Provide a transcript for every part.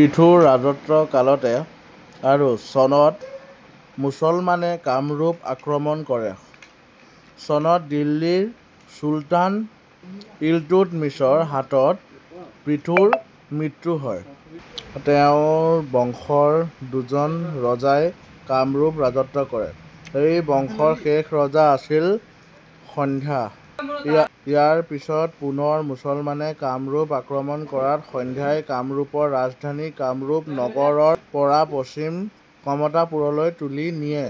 পৃথুৰ ৰাজত্ব কালতে আৰু চনত মুছলমানে কামৰূপ আক্ৰমণ কৰে। চনত দিল্লীৰ চুলতান ইলতুতমিছৰ হাতত পৃথুৰ মৃত্যু হয় আৰু তেওঁৰ বংশৰ দুজন ৰজাই কামৰূপ ৰাজত্ব কৰে। এই বংশৰ শেষ ৰজা আছিল সন্ধ্যা। ইয়াৰ পিছত পুনৰ মুছলমানে কামৰূপ আক্ৰমণ কৰাত সন্ধ্যাই কামৰূপৰ ৰাজধানী 'কামৰূপ নগৰ'ৰৰ পৰা পশ্চিম কমতাপুৰলৈ তুলি নিয়ে।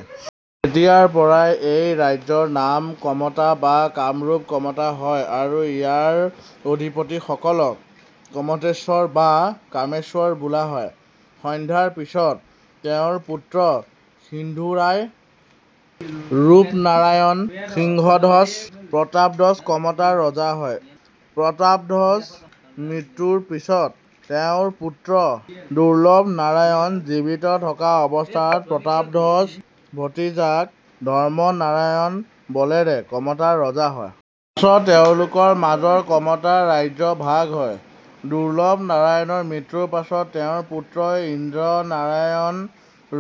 তেতিয়াৰ পৰাই এই ৰাজ্যৰ নাম কমতা বা কামৰূপ-কমতা হয় আৰু ইয়াৰ অধিপতিসকলক কমতেশ্বৰ বা কামেশ্বৰ বোলা হয়। সন্ধ্যাৰ পিছত তেওঁৰ পুত্ৰ সিন্ধুৰায়, ৰূপনাৰায়ণ, সিংহধ্বজ, প্ৰতাপধ্বজ কমতাৰ ৰজা হয়। প্ৰতাপধ্বজৰ মৃত্যুৰ পিছত তেওঁৰ পুত্ৰ দুৰ্লভনাৰায়ণ জীৱিত থকা অৱস্থাত প্ৰতাপধ্বজৰ ভতিজাক ধৰ্মনাৰায়ণ বলেৰে কমতাৰ ৰজা হয়। পাছত তেওঁলোকৰ মাজৰ কমতা ৰাজ্য ভাগ হয়। দুৰ্লভনাৰায়ণৰ মৃত্যুৰ পাছত তেওঁৰ পুত্ৰ ইন্দ্ৰনাৰায়ণ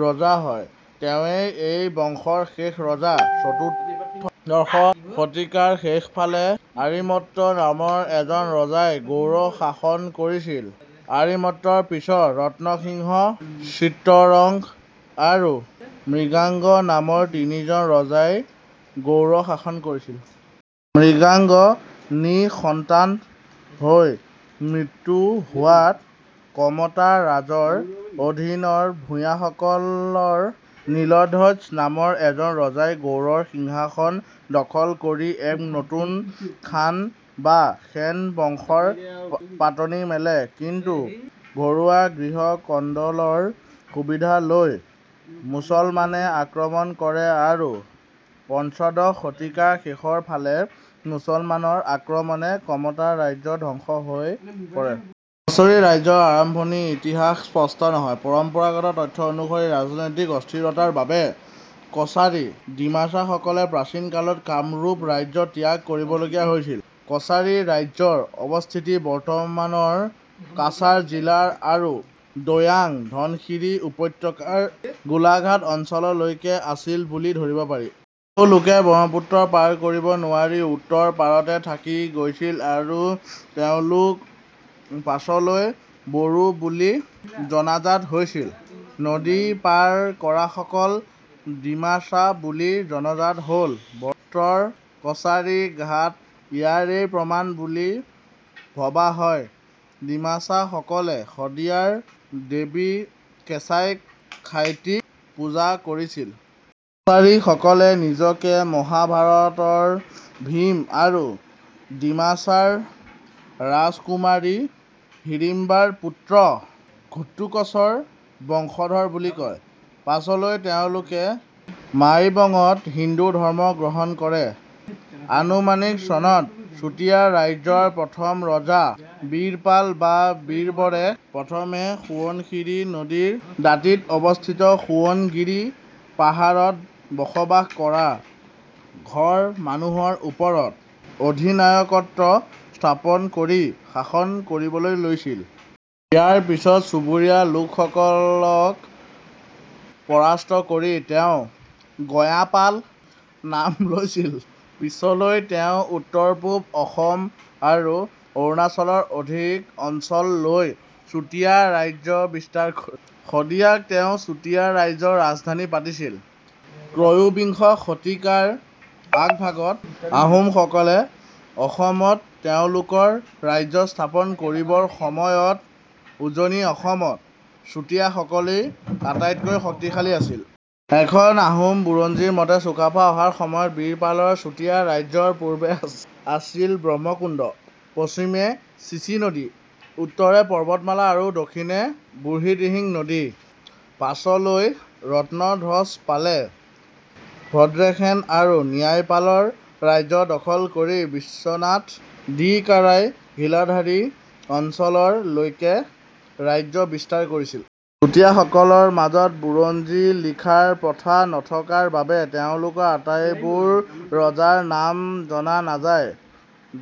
ৰজা হয়। তেওঁৱেই এই বংশৰ শেষ ৰজা। চতুৰ্দশ শতিকাৰ শেষৰফালে আৰিমত্ত নামৰ এজন ৰজাই গৌড় শাসন কৰিছিল। আৰিমত্তৰ পিছত ৰত্নসিংহ, শৃতৰংগ আৰু মৃগাংগ নামৰ তিনিজন ৰজাই গৌড় শাসন কৰিছিল। মৃগাংগ নিঃসন্তান হৈ মৃত্যু হোৱাত কমতাৰাজৰ অধীনৰ ভূঞাসকলৰ নীলধ্বজ নামৰ এজন ৰজাই গৌড়ৰ সিংহাসন দখল কৰি এক নতুন খান বা সেন বংশৰ পাতনি মেলে। কিন্তু ঘৰুৱা গৃহ কন্দলৰ সুবিধা লৈ মুছলমানে আক্ৰমণ কৰে আৰু পঞ্চদশ শতিকাৰ শেষৰ ফালে মুছলমানৰ আক্ৰমণে কমতা ৰাজ্য ধ্বংস হৈ পৰে। কছৰী ৰাজ্যৰ আৰম্ভণিৰ ইতিহাস স্পষ্ট নহয়। পৰম্পৰাগত তথ্য অনুসৰি ৰাজনৈতিক অস্থিৰতাৰ বাবে কছাৰী ডিমাচাসকলে প্ৰাচীন কালত কামৰূপ ৰাজ্য ত্যাগ কৰিবলগীয়া হৈছিল। কছাৰী ৰাজ্যৰ অৱস্থিতি বৰ্তমানৰ কাছাৰ জিলা আৰু দৈয়াং-ধনশিৰি উপত্যকাৰ গোলাঘাট অঞ্চললৈকে আছিল বুলি ধৰিব পাৰি। বহু লোকে ব্ৰহ্মপুত্ৰ পাৰ কৰিব নোৱাৰি উত্তৰ পাৰতে থাকি গৈছিল আৰু তেওঁলোক পাছলৈ বড়ো বুলি জনাজাত হৈছিল। নদী পাৰ কৰাসকল ডিমাচা বুলি জনাজাত হ'ল। ব্ৰহ্মপুত্ৰৰ কছাৰী ঘাট ইয়াৰেই প্ৰমাণ বুলি ভবা হয়। ডিমাচাসকলে শদিয়া ৰ দেৱী কেঁচাই খাইটি ক পূজা কৰিছিল। কছাৰীসকলে নিজকে মহাভাৰত ৰ ভীম আৰু ডিমাচাৰ ৰাজকুমাৰী হিড়িম্বা ৰ পুত্ৰ ঘটোৎকচ ৰ বংশধৰ বুলি কয়। পাছলৈ তেওঁলোকে মাইবঙত হিন্দু ধৰ্ম গ্ৰহণ কৰে। আনুমানিক চনত চুতীয়া ৰাজ্যৰ প্ৰথম ৰজা বীৰপাল বা বীৰবৰে প্ৰথমতে সোৱণশিৰি নদীৰ দাঁতিত অৱস্থিত সোণাগিৰি পাহাৰত বসবাস কৰা ঘৰ মানুহৰ ওপৰত অধিনায়কত্ব স্থাপন কৰি শাসন কৰিবলৈ লৈছিল। ইয়াৰ পিছত চুবুৰীয়া লোকসলক পৰাস্ত কৰি তেওঁ 'গয়াপাল' নাম লৈছিল। পিছলৈ তেওঁ উত্তৰ-পূব অসম আৰু অৰুণাচলৰ অধিক অঞ্চল লৈ চুতীয়া ৰাজ্য বিস্তাৰ কৰে। শদিয়াক তেওঁ চুতীয়া ৰাজ্যৰ ৰাজধানী পাতিছিল। ত্ৰয়োবিংশ শতিকাৰ আগভাগত আহোম সকলে অসমত তেওঁলোকৰ ৰাজ্য স্থাপন কৰিবৰ সময়ত উজনি অসমত চুতীয়াসকলেই আটাইতকৈ শক্তিশালী আছিল। এখন আহোম বুৰঞ্জীৰ মতে চুকাফা অহাৰ সময়ত বীৰপালৰ চুতীয়া ৰাজ্যৰ পূবে আছিল ব্ৰহ্মকুণ্ড, পশ্চিমে চিচি নদী, উত্তৰে পৰ্বতমালা আৰু দক্ষিণে বুঢ়ীদিহিং নদী। পাছলৈ ৰত্নধ্বজপালে ভদ্ৰেশেন আৰু ন্যায়পালৰ ৰাজ্য দখল কৰি বিশ্বনাথৰ দিকাৰাই-ঘিলাধাৰী অঞ্চলৰ লৈকে ৰাজ্য বিস্তাৰ কৰিছিল। চুতীয়া সকলৰ মাজত বুৰঞ্জী লিখাৰ প্ৰথা নথকাৰ বাবে তেওঁলোকৰ আটাইবোৰ ৰজাৰ নাম জনা নাযায়।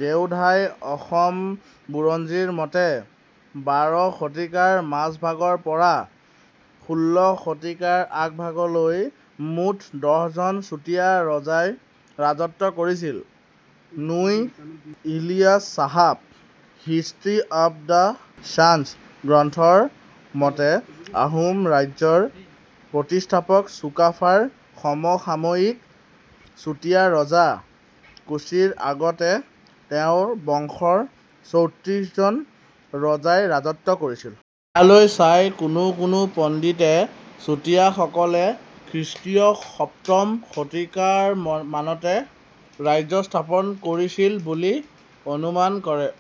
দেওধাই অসম বুৰঞ্জীৰ মতে বাৰ শতিকাৰ মাজভাগৰ পৰা ষোল্ল শতিকাৰ আগভাগলৈকে মুঠ দহজন চুতীয়া ৰজাই ৰাজত্ব কৰিছিল। নোই ইলিয়াছ চাহাবৰ "হিষ্ট্ৰী অৱ দা শ্বান্ছ" গ্ৰন্থৰ মতে আহোম ৰাজ্যৰ প্ৰতিষ্ঠাপক চুকাফা ৰ সমসাময়িক চুতীয়া ৰজা কোছীৰ আগতে তেওঁৰ বংশৰ চৌত্ৰিশজন ৰজাই ৰাজত্ব কৰিছিল। তালৈ চাই কোনো কোনো পণ্ডিতে চুতীয়াসকলে খ্ৰীষ্টীয় সপ্তম শতিকামানতে ৰাজ্য স্থাপন কৰিছিল বুলি অনুমান কৰে।।